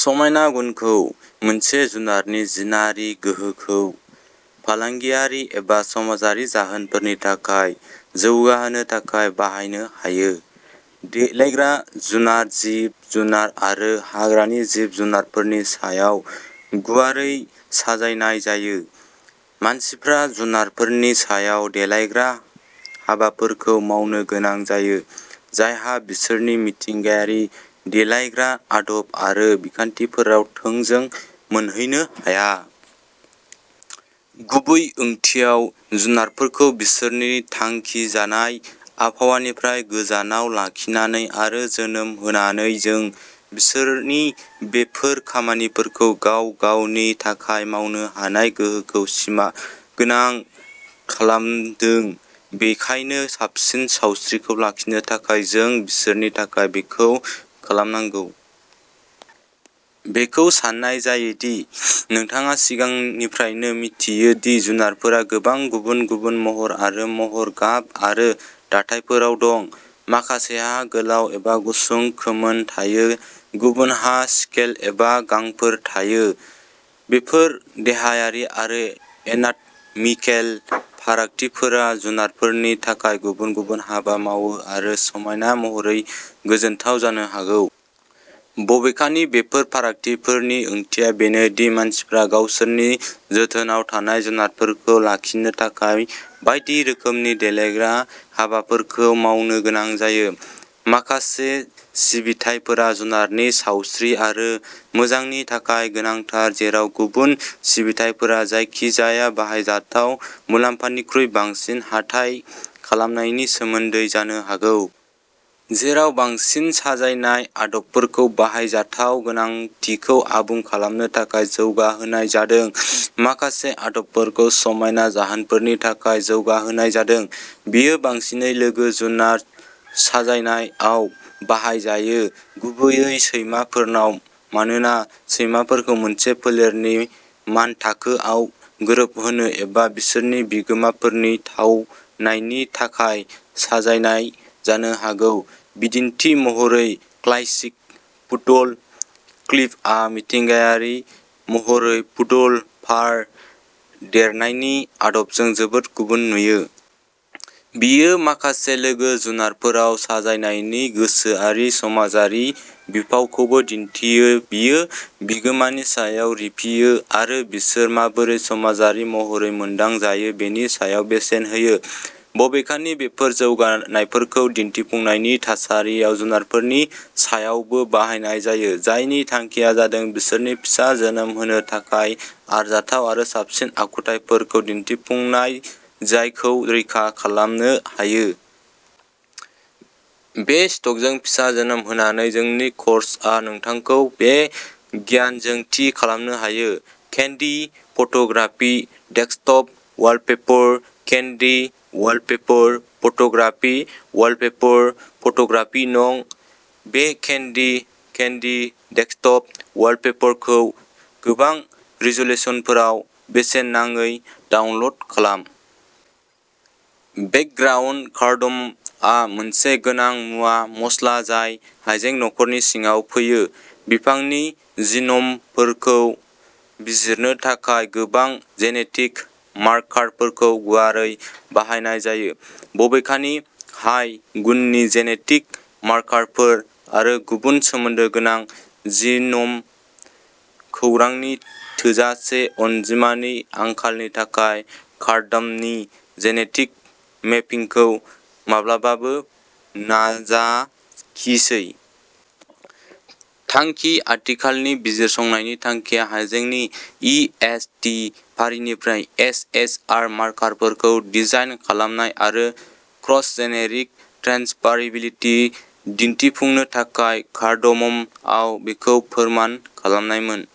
समायना गुनखौ मोनसे जुनारनि जिनारि गोहोखौ फालांगियारि एबा समाजारि जाहोनफोरनि थाखाय जौगाहोनो थाखाय बाहायनो हायो। देलायग्रा जुनार जिब जुनार आरो हाग्रानि जिब जुनारफोरनि सायाव गुवारै साजायनाय जायो। मानसिफ्रा जुनारफोरनि सायाव देलायग्रा हाबाफोरखौ मावनो गोनां जायो जायहा बिसोरनि मिथिंगायारि देलायग्रा आदब आरो बिखान्थिफोराव थोंजों मोनहैनो हाया। गुबै ओंथियाव जुनारफोरखौ बिसोरनि थांखिजानाय आबहावानिफ्राय गोजानाव लाखिनानै आरो जोनोम होनानै जों बिसोरनि बेफोर खामानिफोरखौ गाव गावनि थाखाय मावनो हानाय गोहोखौ सिमागोनां खालामदों। बेखायनो साबसिन सावस्रिखौ लाखिनो थाखाय जों बिसोरनि थाखाय बेखौ खालामनांगौ। बेखौ सान्नाय जायो दि नोंथाङा सिगांनिफ्रायनो मिथियो दि जुनारफोरा गोबां गुबुन गुबुन महर आरो महर गाब आरो दाथायफोराव दं। माखासेहा गोलाव एबा गुसुं खोमोन थायो गुबुनहा स्केल एबा गांफोर थायो। बेफोर देहायारि आरो एनाटमिकेल फारागथिफोरा जुनारफोरनि थाखाय गुबुन गुबुन हाबा मावो आरो समायना महरै गोजोनथाव जानो हागौ। बबेखानि बेफोर फारागथिफोरनि ओंथिया बेनो दि मानसिफ्रा गावसोरनि जोथोनआव थानाय जुनारफोरखौ लाखिनो थाखाय बायदि रोखोमनि देलायग्रा हाबाफोरखौ मावनो गोनां जायो। माखासे सिबिथायफोरा जुनारनि सावस्रि आरो मोजांनि थाखाय गोनांथार जेराव गुबुन सिबिथायफोरा जायखिजाया बाहायजाथाव मुलाम्फानिख्रुइ बांसिन हाथाय खालामनायनि सोमोन्दै जानो हागौ। जेराव बांसिन साजायनाय आदबफोरखौ बाहायजाथाव गोनांथिखौ आबुं खालामनो थाखाय जौगाहोनाय जादों माखासे आदबफोरखौ समायना जाहोनफोरनि थाखाय जौगाहोनाय जादों। बेयो बांसिनै लोगो जुनार साजायनायआव बाहायजायो गुबैयै सैमाफोरनाव मानोना सैमाफोरखौ मोनसे फोलेरनि मानथाखोआव गोरोबहोनो एबा बिसोरनि बिगोमाफोरनि थावनायनि थाखाय साजायनाय जानो हागौ बिदिन्थि महरै क्लाइसिक पुडल क्लिपआ मिथिंगायारि महरै पुडल फार देरनायनि आदबजों जोबोद गुबुन नुयो। बेयो माखासे लोगो जुनारफोराव साजायनायनि गोसोआरि समाजारि बिफावखौबो दिन्थियो बेयो बिगोमानि सायाव रिफियो आरो बिसोर माबोरै समाजारि महरै मोनदांजायो बेनि सायाव बेसेन होयो। बबेखानि बेफोर जौगानायफोरखौ दिन्थिफुंनायनि थासारियाव जुनारफोरनि सायावबो बाहायनाय जायो जायनि थांखिया जादों बिसोरनि फिसा जोनोम होनो थाखाय आरजाथाव आरो साबसिन आखुथायफोरखौ दिनथिफुंनाय जायखौ रैखा खालामनो हायो। बे स्टकजों फिसा जोनोम होनानै जोंनि कर्सआ नोंथांखौ बे गियानजों थि खालामनो हायो। Candy photography desktop wallpaper candy wallpaper photography wallpaper photography नं। बे केन्डी केन्डी डेस्कट'प वालपेपरखौ गोबां रिज'लुसनफोराव बेसेन नाङै डाउनल'ड खालाम। बेकग्राउन्ड कार्डामम आ मोनसे गोनां मुवा मस्ला जाय हाइजें नखरनि सिङाव फैयो। बिफांनि जिन'मफोरखौ बिजिरनो थाखाय गोबां जेनेटिक मार्कारफोरखौ गुवारै बाहायनाय जायो। बबेखानि हाइ गुननि जेनेटिक मार्कारफोर आरो गुबुन सोमोन्दो गोनां जिन'म खौरांनि थोजासे अनजिमानि आंखालनि थाखाय कार्डाममनि जेनेटिक मेपिंखौ माब्लाबाबो नाजाखिसै। थांखि आथिखालनि बिजिरसंनायनि थांखिया हाइजेंनि इ एस टि फारिनिफ्राय एस एस आर मार्कारफोरखौ डिजाइन खालामनाय आरो क्रस जेनेरिक ट्रेन्सफाराबिलिटि दिनथिफुंनो थाखाय कार्डाम'मआव बेखौ फोरमान खालामनायमोन।